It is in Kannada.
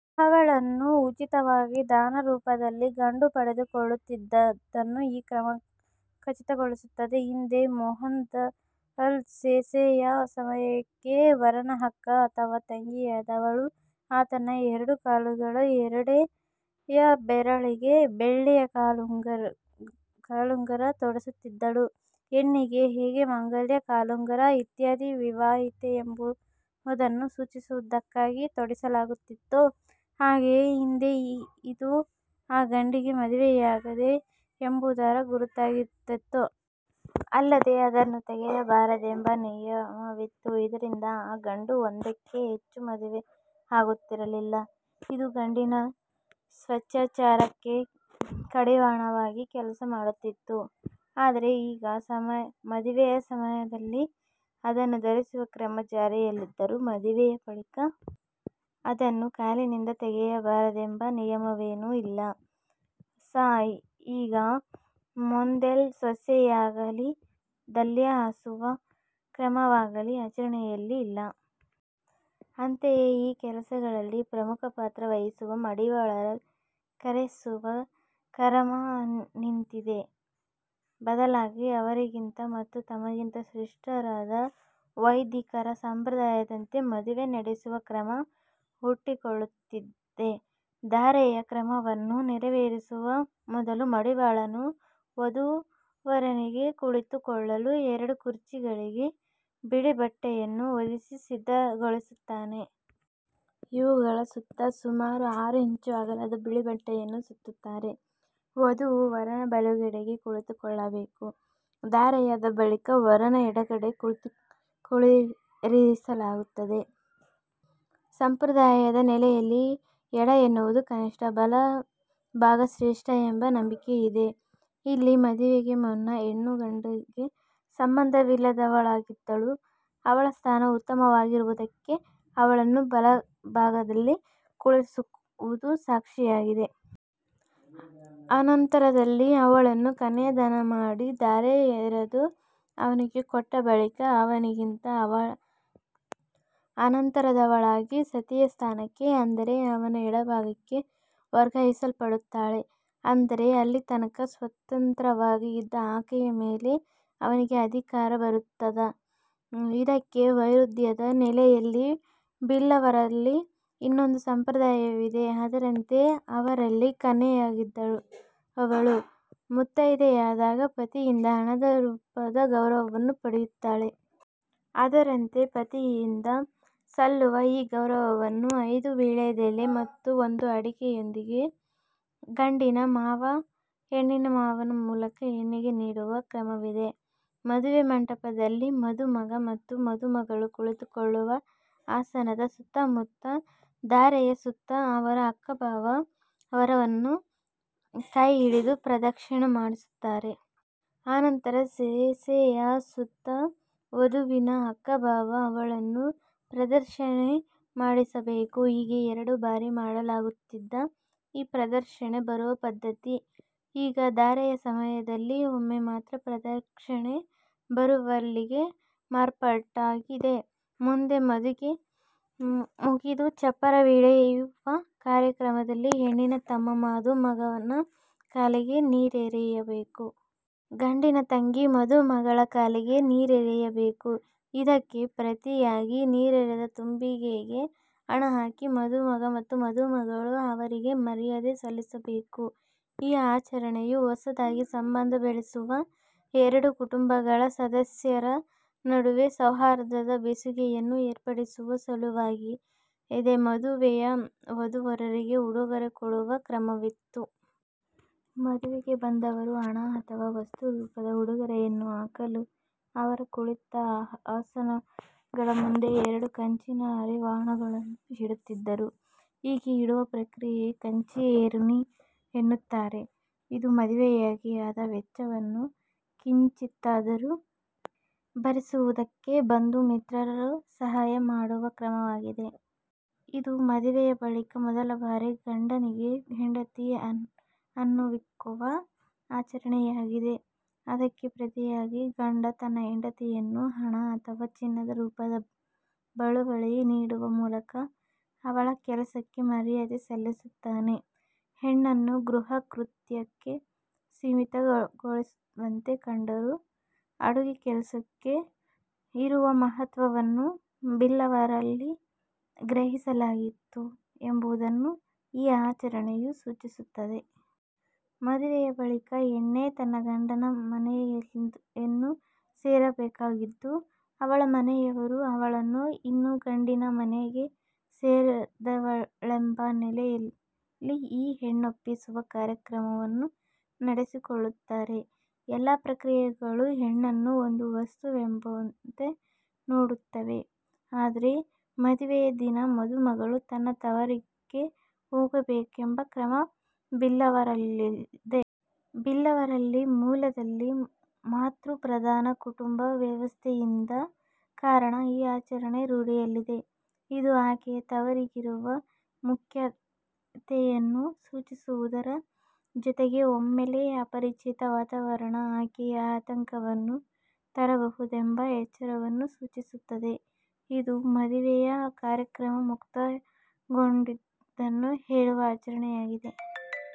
ಅವಳನ್ನು ಉಚಿತವಾಗಿ ದಾನರೂಪದಲ್ಲಿ ಗಂಡು ಪಡೆದುಕೊಳ್ಳುತ್ತಿದ್ದುದನ್ನು ಈ ಕ್ರಮ ಖಚಿತಗೊಳಿಸುತ್ತದೆ. ಹಿಂದೆ ಮೋಂದಲ್ ಸೇಸೆಯ ಸಮಯಕ್ಕೆ ವರನ ಅಕ್ಕ ಅಥವಾ ತಂಗಿಯಾದವಳು ಆತನ ಎರಡೂ ಕಾಲುಗಳ ಎರಡೆಯ ಬೆರಳಿಗೆ ಬೆಳ್ಳಿಯ ಕಾಲುಂಗುರ ತೊಡಿಸುತ್ತಿದ್ದಳು. ಹೆಣ್ಣಿಗೆ ಹೇಗೆ ಮಾಂಗಲ್ಯ, ಕಾಲುಂಗುರ ಇತ್ಯಾದಿಗಳು ವಿವಾಹಿತೆ ಎಂಬುದನ್ನು ಸೂಚಿಸುವುದಕ್ಕಾಗಿ ತೊಡಿಸಲಾಗುತ್ತಿತ್ತೋ ಹಾಗೆಯೇ ಹಿಂದೆ ಇದು ಆ ಗಂಡಿಗೆ ಮದುವೆಯಾಗಿದೆ ಎಂಬುದರ ಗುರುತಾಗಿರುತ್ತಿತ್ತು. ಅಲ್ಲದೆ ಅದನ್ನು ತೆಗೆಯಬಾರದೆಂಬ ನಿಯಮವಿತ್ತು. ಇದರಿಂದ ಆ ಗಂಡು ಒಂದಕ್ಕಿಂತ ಹೆಚ್ಚು ಮದುವೆ ಆಗುತ್ತಿರಲಿಲ್ಲ. ಇದು ಗಂಡಿನ ಸ್ವೇಚ್ಚಾಚಾರಕ್ಕೆ ಕಡಿವಾಣವಾಗಿ ಕೆಲಸ ಮಾಡುತ್ತಿತ್ತು. ಆದರೆ ಈಗ ಮದುವೆಯ ಸಮಯದಲ್ಲಿ ಅದನ್ನು ಧರಿಸುವ ಕ್ರಮ ಜಾರಿಯಲ್ಲಿದ್ದರೂ ಮದುವೆಯ ಬಳಿಕ ಅದನ್ನು ಕಾಲಿನಿಂದ ತೆಗೆಯಬಾರದೆಂಬ ನಿಯಮವೇನೂ ಇಲ್ಲ. ಸ ಈಗ ಮೋಂದೆಲ್ ಸೇಸೆಯಾಗಲೀ ದಲ್ಯ ಹಾಸುವ ಕ್ರಮವಾಗಲೀ ಆಚರಣೆಯಲ್ಲಿ ಇಲ್ಲ. ಅಂತೆಯೇ ಈ ಕೆಲಸಗಳಲ್ಲಿ ಪ್ರಮುಖ ಪಾತ್ರ ವಹಿಸುವ ಮಡಿವಾಳರನ್ನು ಕರೆಸುವ ಕರಮ ನಿಂತಿದೆ. ಬದಲಾಗಿ ಅವರಿಗಿಂತ ಮತ್ತು ತಮಗಿಂತ ಶ್ರೇಷ್ಠರಾದ ವೈದಿಕರ ಸಂಪ್ರದಾಯದಂತೆ ಮದುವೆ ನಡೆಸುವ ಕ್ರಮ ಹುಟ್ಟಿಕೊಳ್ಳುತ್ತಿದೆ. ಧಾರೆಯ ಕ್ರಮವನ್ನು ನೆರೆವೇರಿಸುವ ಮೊದಲು ಮಡಿವಾಳನು ವಧೂವರರಿಗೆ ಕುಳಿತುಕೊಳ್ಳಲು ಎರಡು ಕುರ್ಚಿಗಳಿಗೆ ಬಿಳಿಬಟ್ಟೆಯನ್ನು ಹೊದಿಸಿ ಸಿದ್ಧಗೊಳಿಸುತ್ತಾನೆ. ಇವುಗಳ ಸುತ್ತ ಸುಮಾರು ಆರು ಇಂಚು ಅಗಲದ ಬಿಳಿಬಟ್ಟೆಯನ್ನು ಸುತ್ತುತ್ತಾರೆ. ವಧುವು ವರನ ಬಲಗಡೆಗೆ ಕುಳಿತುಕೊಳ್ಳಬೇಕು. ಧಾರೆಯಾದ ಬಳಿಕ ವರನ ಎಡಗಡೆಗೆ ಕುಳ್ಳಿರಿಸಲಾಗುತ್ತದೆ. ಸಂಪ್ರದಾಯದ ನೆಲೆಯಲ್ಲಿ ಎಡ ಎನ್ನುವುದು ಕನಿಷ್ಠ, ಬಲಭಾಗ ಶ್ರೇಷ್ಠ ಎಂಬ ನಂಬಿಕೆ ಇದೆ. ಇಲ್ಲಿ ಮದುವೆಗೆ ಮುನ್ನ ಹೆಣ್ಣು ಗಂಡಿಗೆ ಸಂಬಂಧವಿಲ್ಲದವಳಾಗಿದ್ದು, ಅವಳ ಸ್ಥಾನ ಉತ್ತಮವಾಗಿರುವುದಕ್ಕೆ ಅವಳನ್ನು ಬಲಭಾಗದಲ್ಲಿ ಕುಳ್ಳಿರಿಸುವುದು ಸಾಕ್ಷಿಯಾಗಿದೆ. ಅನಂತರದಲ್ಲಿ ಅವಳನ್ನು ಕನ್ಯಾಧಾನ ಮಾಡಿ ಧಾರೆ ಎರದು ಅವನಿಗೆ ಕೊಟ್ಟ ಬಳಿಕ ಅವನಿಗಿಂತ ಅನಂತರದವಳಾಗಿ ಸತಿಯ ಸ್ಥಾನಕ್ಕೆ ಅಂದರೆ ಅವನ ಎಡಭಾಗಕ್ಕೆ ವರ್ಗಾಯಿಸಲ್ಪಡುತ್ತಾಳೆ. ಅಂದರೆ ಅಲ್ಲಿಯತನಕ ಸ್ವತಂತ್ರವಾಗಿ ಇದ್ದ ಆಕೆಯ ಮೇಲೆ ಅವನಿಗೆ ಅಧಿಕಾರ ಬರುತ್ತದ. ಇದಕ್ಕೆ ವೈರುಧ್ಯದ ನೆಲೆಯಲ್ಲಿ ಬಿಲ್ಲವರಲ್ಲಿ ಇನ್ನೊಂದು ಸಂಪ್ರದಾಯವಿದೆ. ಅದರಂತೆ ಅವರಲ್ಲಿ ಕನ್ಯೆಯಾಗಿದ್ದವಳು ಮುತ್ತೈದೆಯಾದಾಗ ಪತಿಯಿಂದ ಹಣದ ರೂಪದ ಗೌರವವನ್ನು ಪಡೆಯುತ್ತಾಳೆ. ಅದರಂತೆ ಪತಿಯಿಂದ ಸಲ್ಲುವ ಈ ಗೌರವವನ್ನು ಐದು ವೀಳ್ಯದೆಲೆ ಮತ್ತು ಒಂದು ಅಡಿಕೆಯೊಂದಿಗೆ ಗಂಡಿನ ಮಾವ ಹೆಣ್ಣಿನ ಮಾವನ ಮೂಲಕ ಹೆಣ್ಣಿಗೆ ನೀಡುವ ಕ್ರಮವಿದೆ. ಮದುವೆ ಮಂಟಪದಲ್ಲಿ ಮದುಮಗ ಮತ್ತು ಮದುಮಗಳು ಕುಳಿತುಕೊಳ್ಳುವ ಆಸನದ ಸುತ್ತ ಮತ್ತು ಧಾರೆಯ ಸುತ್ತ ಅವರ ಅಕ್ಕ-ಭಾವ ವರನನ್ನು ಕೈಹಿಡಿದು ಪ್ರದಕ್ಷಿಣೆ ಮಾಡಿಸುತ್ತಾರೆ. ಅನಂತರ ಸೇಸೆಯ ಸುತ್ತ ವಧುವಿನ ಅಕ್ಕ ಭಾವ ಅವಳನ್ನು ಪ್ರದಕ್ಷಿಣೆ ಮಾಡಿಸಬೇಕು. ಹೀಗೆ ಎರಡು ಬಾರಿ ಮಾಡಲಾಗುತ್ತಿದ್ದ ಈ ಪ್ರದಕ್ಷಿಣೆ ಬರುವ ಪದ್ಧತಿ ಈಗ ಧಾರೆಯ ಸಮಯದಲ್ಲಿ ಒಮ್ಮೆ ಮಾತ್ರ ಪ್ರದಕ್ಷಿಣೆ ಬರುವಲ್ಲಿಗೆ ಮಾರ್ಪಾಟಾಗಿದೆ. ಮುಂದೆ ಮದುವೆ ಮುಗಿದು ಚಪ್ಪರವಿಳಿಯುವ ಕಾರ್ಯಕ್ರಮದಲ್ಲಿ ಹೆಣ್ಣಿನ ತಮ್ಮ ಮದುಮಗನ ಕಾಲಿಗೆ ನೀರೆರೆಯಬೇಕು. ಗಂಡಿನ ತಂಗಿ ಮದುಮಗಳ ಕಾಲಿಗೆ ನೀರೆರೆಯಬೇಕು. ಇದಕ್ಕೆ ಪ್ರತಿಯಾಗಿ ನೀರೆರೆದ ತಂಬಿಗೆಗೆ ಹಣ ಹಾಕಿ ಮದುಮಗ ಮತ್ತು ಮದುಮಗಳು ಅವರಿಗೆ ಮರ್ಯಾದೆ ಸಲ್ಲಿಸಬೇಕು. ಈ ಆಚರಣೆಯು ಹೊಸದಾಗಿ ಸಂಬಂಧ ಬೆಳೆಸುವ ಎರಡು ಕುಟುಂಬಗಳ ಸದಸ್ಯರ ನಡುವೆ ಸೌಹಾರ್ದದ ಬೆಸುಗೆಯನ್ನು ಏರ್ಪಡಿಸುವ ಸಲುವಾಗಿದೆ. ಮದುವೆಯಲ್ಲಿ ವಧೂವರರಿಗೆ ಉಡುಗೊರೆ ಕೊಡುವ ಕ್ರಮವಿತ್ತು. ಮದುವೆಗೆ ಬಂದವರು ಹಣ ಅಥವಾ ವಸ್ತು ರೂಪದ ಉಡುಗೊರೆಯನ್ನು ಹಾಕಲು ಅವರು ಕುಳಿತ ಆಸನಗಳ ಮುಂದೆ ಎರಡು ಕಂಚಿನ ಹರಿವಾಣಗಳನ್ನು ಇಡುತ್ತಿದ್ದರು. ಹೀಗೆ ಇಡುವ ಪ್ರಕ್ರಿಯೆಗೆ ಕಂಚಿ ಏರುನಿ ಎನ್ನುತ್ತಾರೆ. ಇದು ಮದುವೆಯಾಗಿ ಆದ ವೆಚ್ಚವನ್ನು ಕಿಂಚಿತ್ತಾದರೂ ಭರಿಸುವುದಕ್ಕೆ ಬಂಧು- ಮಿತ್ರರು ಸಹಾಯ ಮಾಡುವ ಕ್ರಮವಾಗಿದೆ. ಇದು ಮದುವೆಯ ಬಳಿಕ ಮೊದಲ ಬಾರಿ ಗಂಡನಿಗೆ ಹೆಂಡತಿ ಅನ್ನವಿಕ್ಕುವ ಆಚರಣೆಯಾಗಿದೆ. ಅದಕ್ಕೆ ಪ್ರತಿಯಾಗಿ ಗಂಡ ತನ್ನ ಹೆಂಡತಿಯನ್ನು ಹಣ ಅಥವಾ ಚಿನ್ನದ ರೂಪದ ಬಳುವಳಿ ನೀಡುವ ಮೂಲಕ ಅವಳ ಕೆಲಸಕ್ಕೆ ಮರ್ಯಾದೆ ಸಲ್ಲಿಸುತ್ತಾನೆ. ಹೆಣ್ಣನ್ನು ಗೃಹಕೃತ್ಯಕ್ಕೆ ಸೀಮಿತಗೊಳಿಸುವಂತೆ ಕಂಡರೂ ಅಡುಗೆ ಕೆಲಸಕ್ಕೂ ಇರುವ ಮಹತ್ವವನ್ನು ಬಿಲ್ಲವರಲ್ಲಿ ಗ್ರಹಿಸಲಾಗಿತ್ತು ಎಂಬುದನ್ನು ಈ ಆಚರಣೆಯು ಸೂಚಿಸುತ್ತದೆ. ಮದುವೆಯ ಬಳಿಕ ಹೆಣ್ಣೆ ತನ್ನ ಗಂಡನ ಮನೆಯನ್ನು ಸೇರಬೇಕಾಗಿದ್ದು, ಅವಳ ಮನೆಯವರು ಅವಳನ್ನು ಇನ್ನು ಗಂಡಿನ ಮನೆಗೆ ಸೇರಿದವಳೆಂಬ ನೆಲೆಯಲ್ಲಿ ಈ ಹೆಣ್ಣೊಪ್ಪಿಸುವ ಕಾರ್ಯಕ್ರಮವನ್ನು ನಡೆಸಿಕೊಳ್ಳುತ್ತಾರೆ. ಎಲ್ಲ ಪ್ರಕ್ರಿಯೆಗಳು ಹೆಣ್ಣನ್ನು ಒಂದು ವಸ್ತುವೆಂಬಂತೆ ನೋಡುತ್ತವೆ. ಆದರೆ ಮದುವೆಯ ದಿನ ಮದುಮಗಳು ತನ್ನ ತವರಿಗೇ ಹೋಗಬೇಕೆಂಬ ಕ್ರಮ ಬಿಲ್ಲವರಲ್ಲಿದೆ. ಬಿಲ್ಲವರಲ್ಲಿ ಮೂಲದಲ್ಲಿ ಮಾತೃಪ್ರಧಾನ ಕುಟುಂಬ ವ್ಯವಸ್ಥೆಯಿದ್ದ ಕಾರಣ ಈ ಆಚರಣೆ ರೂಢಿಯಲ್ಲಿದೆ. ಇದು ಆಕೆಯ ತವರಿಗಿರುವ ಪ್ರಾಮುಖ್ಯತೆಯನ್ನು ಸೂಚಿಸುವುದರ ಜೊತೆಗೆ ಒಮ್ಮೆಲೇ ಅಪರಿಚಿತ ವಾತಾವರಣ ಆಕೆಗೆ ಆತಂಕವನ್ನು ತರಬಹುದೆಂಬ ಎಚ್ಚರವನ್ನೂ ಸೂಚಿಸುತ್ತದೆ. ಇದು ಮದುವೆಯ ಕಾರ್ಯಕ್ರಮ ಮುಕ್ತಾಯಗೊಂಡುದನ್ನು ಹೇಳುವ ಆಚರಣೆಯಾಗಿದೆ.